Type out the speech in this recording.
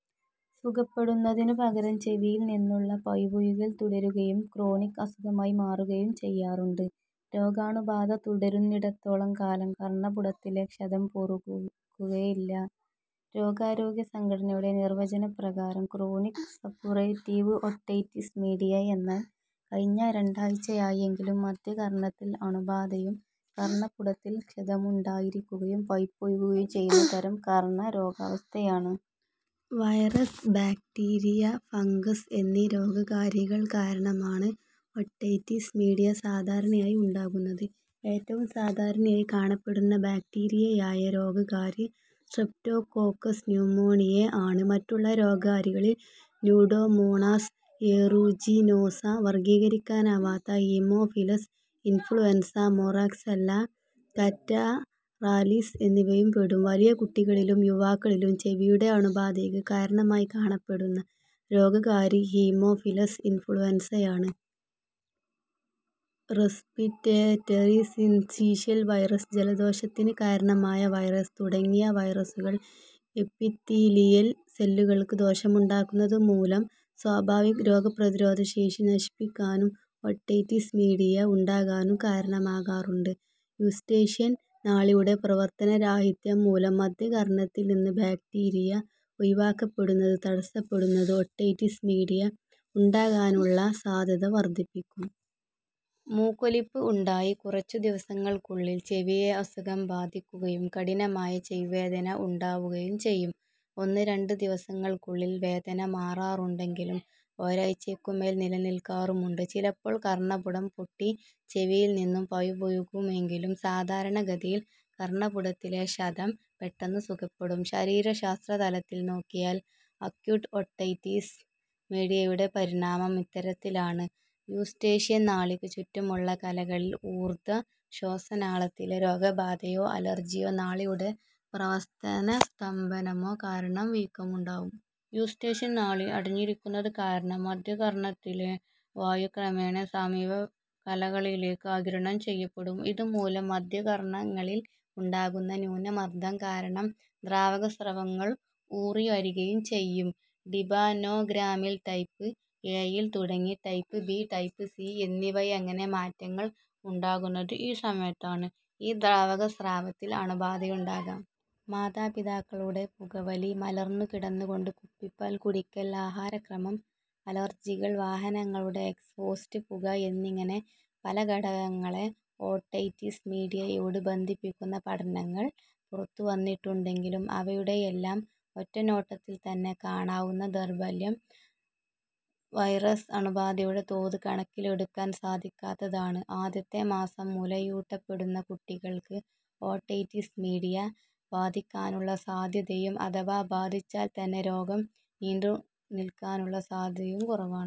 സുഖപ്പെടുന്നതിനു പകരം ചെവിയിൽ നിന്നുള്ള പഴുപ്പൊഴുകൽ തുടരുകയും ക്രോണിക് അസുഖമായി മാറുകയും ചെയ്യാറുണ്ട്. രോഗാണുബാധ തുടരുന്നിടത്തോളം കാലം കർണ്ണപുടത്തിലെ ക്ഷതം പൊറുക്കുകയില്ല. ലോകാരോഗ്യ സംഘടനയുടെ നിർവചനപ്രകാരം ക്രോണിക് സപ്പുറേറ്റീവ് ഓട്ടൈറ്റിസ് മീഡിയ എന്നാൽ "കഴിഞ്ഞ രണ്ടാഴ്ച്ചയായെങ്കിലും മദ്ധ്യകർണ്ണത്തിൽ അണുബാധയും, കർണ്ണപുടത്തിൽ ക്ഷതമുണ്ടായിരിക്കുകയും, പഴുപ്പ് ഒഴുകുകയും ചെയ്യുന്ന തരം കർണ്ണരോഗാവസ്ഥയാണ്". വൈറസ്, ബാക്ടീരിയ, ഫങ്കസ് എന്നീ രോഗകാരികൾ മൂലമുള്ള അണുബാധ കാരണമാണ് ഓട്ടൈറ്റിസ് മീഡിയ സാധാരണയായി ഉണ്ടാകുന്നത്. ഏറ്റവും സാധാരണയായി കാണപ്പെടുന്ന ബാക്ടീരിയയായ രോഗകാരി സ്ട്രെപ്റ്റോകോക്കസ് ന്യൂമോണിയെ ആണ്. മറ്റുള്ള രോഗകാരികളിൽ സ്യൂഡോമോണാസ് ഏറൂജിനോസ, വർഗ്ഗീകരിക്കാനാവാത്ത ഹീമോഫിലസ് ഇൻഫ്ലുവൻസ, മൊറാക്സെല്ല കറ്റാറാലിസ് എന്നിവയും പെടും. വലിയ കുട്ടികളിലും യുവാക്കളിലും ചെവിയുടെ അണുബാധയ്ക്ക് കാരണമായി കാണപ്പെടുന്ന രോഗകാരി ഹീമോഫിലസ് ഇൻഫ്ലുവൻസയാണ്. റെസ്പിറേറ്ററി സിൻസീഷ്യൽ വൈറസ് ജലദോഷത്തിന് കാരണമായ വൈറസ് തുടങ്ങിയ വൈറസുകൾ എപ്പിത്തീലിയൽ സെല്ലുകൾക്ക് ദോഷമുണ്ടാക്കുന്നതു മൂലം സ്വാഭാവിക് രോഗപ്രതിരോധ ശേഷി നശിപ്പിക്കാനും ഓട്ടൈറ്റിസ് മീഡിയ ഉണ്ടാകാനും കാരണമാകാറുണ്ട്. യൂസ്റ്റേഷ്യൻ നാളിയുടെ പ്രവർത്തനരാഹിത്യം, മൂലം മദ്ധ്യകർണ്ണത്തിൽ നിന്ന് ബാക്ടീരിയ ഒഴിവാക്കപ്പെടുന്നത് തടസ്സപ്പെടുന്നത് ഓട്ടൈറ്റിസ് മീഡിയ ഉണ്ടാകാനുള്ള സാധ്യത വർദ്ധിപ്പിക്കും. മൂക്കൊലിപ്പ് ഉണ്ടായി കുറച്ചുദിവസങ്ങൾക്കുള്ളിൽ ചെവിയെ അസുഖം ബാധിക്കുകയും കഠിനമായ ചെവി വേദന ഉണ്ടാവുകയും ചെയ്യും. ഒന്നുരണ്ട് ദിവസങ്ങൾക്കുള്ളിൽ വേദന മാറാറുണ്ടെങ്കിലും ഒരാഴ്ച്ചയ്ക്കുമേൽ നിലനില്ക്കാറുമുണ്ട്. ചിലപ്പോൾ കർണ്ണപുടം പൊട്ടി ചെവിയിൽ നിന്നും പഴുപ്പൊഴുകുമെങ്കിലും സാധാരണ ഗതിയിൽ കർണ്ണപുടത്തിലെ ക്ഷതം പെട്ടെന്ന് സുഖപ്പെടും. ശരീരശാസ്ത്രതലത്തിൽ നോക്കിയാൽ അക്യൂട്ട് ഓട്ടൈറ്റിസ് മീഡിയയുടെ പരിണാമം ഇത്തരത്തിലാണ്: യൂസ്റ്റേഷ്യൻ നാളിക്ക് ചുറ്റുമുള്ള കലകളിൽ ഊർദ്ധ്വ ശ്വാസനാളത്തിലെ രോഗബാധയോ അലർജ്ജിയോ, നാളിയുടെ പ്രവർത്തനസ്തംഭനമോ കാരണം വീക്കമുണ്ടാകും. യൂസ്റ്റേഷ്യൻ നാളി അടഞ്ഞിരിക്കുന്നത് കാരണം മദ്ധ്യകർണ്ണത്തിലെ വായു ക്രമേണ സമീപകലകളിലേക്ക് ആഗിരണം ചെയ്യപ്പെടും. ഇതുമൂലം മദ്ധ്യകർണ്ണത്തിൽ ഉണ്ടാകുന്ന ന്യൂനമർദ്ദം കാരണം ദ്രാവക സ്രവങ്ങൾ ഊറിവരികയും ചെയ്യും. ടിമ്പാനോഗ്രാമിൽ ടൈപ്പ് എ-യിൽ തുടങ്ങി ടൈപ്പ്-ബി, ടൈപ്പ്-സി എന്നിങ്ങനെയുള്ള മാറ്റങ്ങൾ ഉണ്ടാകുന്നത് ഈ സമയത്താണ്. ഈ ദ്രാവക സ്രവത്തിൽ അണുബാധയുണ്ടാകാം. മാതാപിതാക്കളുടെ പുകവലി, മലർന്നുകിടന്നുകൊണ്ട് കുപ്പിപ്പാൽ കുടിക്കൽ, ആഹാരക്രമം, അലർജികൾ, വാഹനങ്ങളുടെ എക്സ്ഹോസ്റ്റ് പുക എന്നിങ്ങനെ പല ഘടകങ്ങളെ ഓട്ടൈറ്റിസ് മീഡിയയോട് ബന്ധിപ്പിക്കുന്ന പഠനങ്ങൾ പുറത്തുവന്നിട്ടുണ്ടെങ്കിലും അവയുടെയെല്ലാം ഒറ്റനോട്ടത്തിൽത്തന്നെ കാണാവുന്ന ദൗർബല്യം വൈറസ് അണുബാധയുടെ തോത് കണക്കിലെടുക്കാൻ സാധിക്കാത്തതാണ്. ആദ്യത്തെ മാസം മുലയൂട്ടപ്പെടുന്ന കുട്ടികൾക്ക് ഓട്ടൈറ്റിസ് മീഡിയ ബാധിക്കാനുള്ള സാധ്യതയും അഥവാ ബാധിച്ചാൽത്തന്നെ രോഗം നീണ്ടുനിൽക്കാനുള്ള സാധ്യതയും കുറവാണ്.